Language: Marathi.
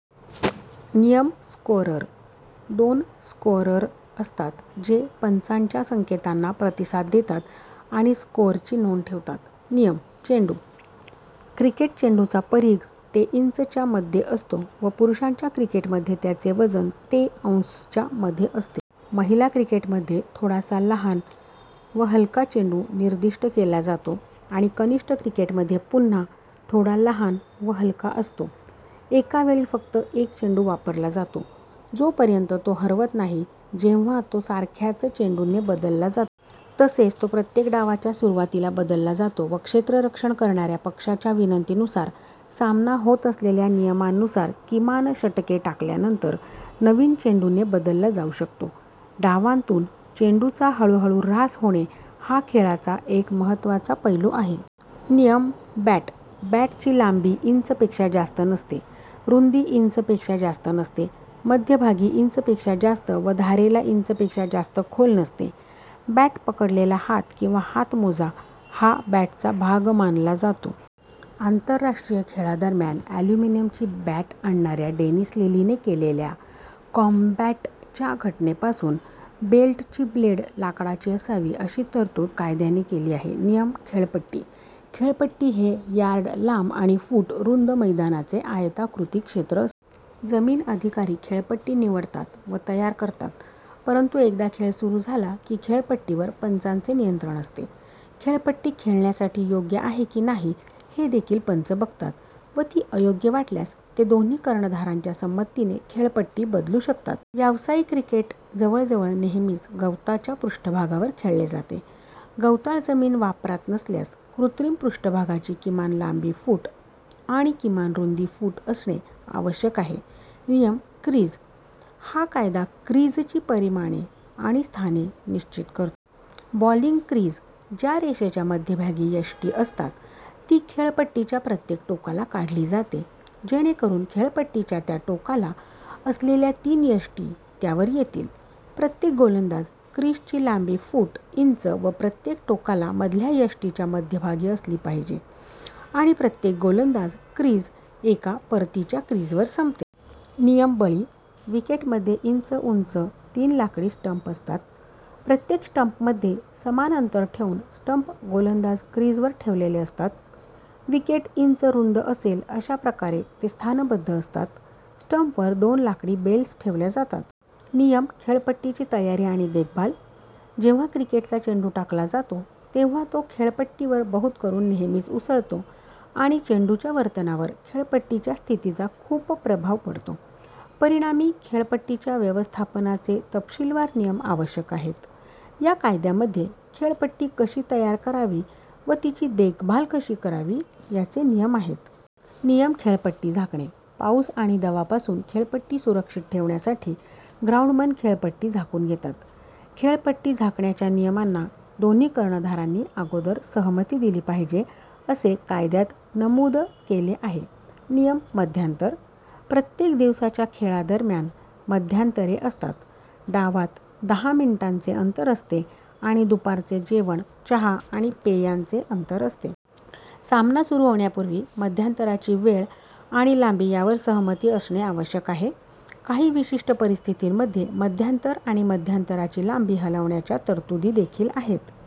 नियम: स्कोअरर. दोन स्कोअरर असतात जे पंचांच्या संकेतांना प्रतिसाद देतात आणि स्कोअर ची नोंद ठेवतात. नियम: चेंडू. क्रिकेट चेंडूचा परिघ ते इंच च्या मध्ये असतो व पुरुषांच्या क्रिकेटमध्ये त्याचे वजन ते औंस च्या मध्ये असते. महिला क्रिकेटमध्ये थोडासा लहान व हलका चेंडू निर्दिष्ट केला जातो आणि कनिष्ठ क्रिकेटमध्ये पुन्हा थोडा लहान व हलका असतो. एका वेळी फक्त एक चेंडू वापरला जातो, जोपर्यंत तो हरवत नाही, जेव्हा तो सारख्याच चेंडूने बदलला जातो. तसेच तो प्रत्येक डावाच्या सुरुवातीला बदलला जातो व क्षेत्ररक्षण करणाऱ्या पक्षाच्या विनंतीनुसार, सामना होत असलेल्या नियमांनुसार किमान षटके टाकल्यानंतर, नवीन चेंडूने बदलला जाऊ शकतो. डावांतून चेंडूचा हळूहळू ऱ्हास होणे हा खेळाचा एक महत्त्वाचा पैलू आहे. नियम: बॅट. बॅटची लांबी इंच पेक्षा जास्त नसते, रुंदी इंच पेक्षा जास्त नसते, मध्यभागी इंच पेक्षा जास्त व धारेला इंच पेक्षा जास्त खोल नसते. बॅट पकडलेला हात किंवा हातमोजा हा बॅटचा भाग मानला जातो. आंतरराष्ट्रीय खेळादरम्यान ॲल्युमिनिअमची बॅट आणणाऱ्या डेनिस लिली ने केलेल्या कॉम्बॅटच्या घटनेपासून, बॅटची ब्लेड लाकडाची असावी, अशी तरतूद कायद्याने केली आहे. नियम: खेळपट्टी. खेळपट्टी हे यार्ड लांब आणि फूट रुंद मैदानाचे आयताकृती क्षेत्र असते. जमीन अधिकारी खेळपट्टी निवडतात व तयार करतात, परंतु एकदा खेळ सुरू झाला की खेळपट्टीवर पंचांचे नियंत्रण असते. खेळपट्टी खेळण्यासाठी योग्य आहे की नाही हे देखील पंच बघतात व ती अयोग्य वाटल्यास ते दोन्ही कर्णधारांच्या संमतीने खेळपट्टी बदलू शकतात. व्यावसायिक क्रिकेट जवळजवळ नेहमीच गवताच्या पृष्ठभागावर खेळले जाते. गवताळ जमीन वापरात नसल्यास कृत्रिम पृष्ठभागाची किमान लांबी फूट आणि किमान रुंदी फूट असणे आवश्यक आहे. नियम: क्रीज. हा कायदा क्रीजची परिमाणे आणि स्थाने निश्चित करतो. बॉलिंग क्रीज, ज्या रेषेच्या मध्यभागी यष्टी असतात, ती खेळपट्टीच्या प्रत्येक टोकाला काढली जाते जेणेकरून खेळपट्टीच्या त्या टोकाला असलेल्या तीन यष्टी त्यावर येतील. प्रत्येक गोलंदाज क्रीजची लांबी फूट इंच व प्रत्येक टोकाला मधल्या यष्टीच्या मध्यभागी असली पाहिजे, आणि प्रत्येक गोलंदाज क्रीज एका परतीच्या क्रिजवर संपते. नियम: बळी. विकेटमध्ये इंच उंच तीन लाकडी स्टंप असतात. प्रत्येक स्टंपमध्ये समान अंतर ठेवून स्टंप गोलंदाज क्रीजवर ठेवलेले असतात. विकेट इंच रुंद असेल अशा प्रकारे ते स्थानबद्ध असतात. स्टंपवर दोन लाकडी बेल्स ठेवल्या जातात. नियम: खेळपट्टीची तयारी आणि देखभाल. जेव्हा क्रिकेटचा चेंडू टाकला जातो तेव्हा तो खेळपट्टीवर बहुतकरून नेहमीच उसळतो आणि चेंडूच्या वर्तनावर खेळपट्टीच्या स्थितीचा खूप प्रभाव पडतो. परिणामी खेळपट्टीच्या व्यवस्थापनाचे तपशीलवार नियम आवश्यक आहेत. या कायद्यामध्ये खेळपट्टी कशी तयार करावी व तिची देखभाल कशी करावी याचे नियम आहेत. नियम: खेळपट्टी झाकणे. पाऊस आणि दंवापासून खेळपट्टी सुरक्षित ठेवण्यासाठी ग्राउंडमन खेळपट्टी झाकून घेतात. खेळपट्टी झाकण्याच्या नियमांना दोन्ही कर्णधारांनी अगोदर सहमती दिली पाहिजे, असे कायद्यात नमूद केले आहे. नियम: मध्यांतर. प्रत्येक दिवसाच्या खेळादरम्यान मध्यांतरे असतात, डावात दहा मिनिटांचे अंतर असते आणि दुपारचे जेवण, चहा आणि पेयांचे अंतर असते. सामना सुरू होण्यापूर्वी मध्यांतरांची वेळ आणि लांबी यावर सहमती असणे आवश्यक आहे. काही विशिष्ट परिस्थितींमध्ये मध्यांतर आणि मध्यांतराची लांबी हलवण्याच्या तरतुदी देखील आहेत.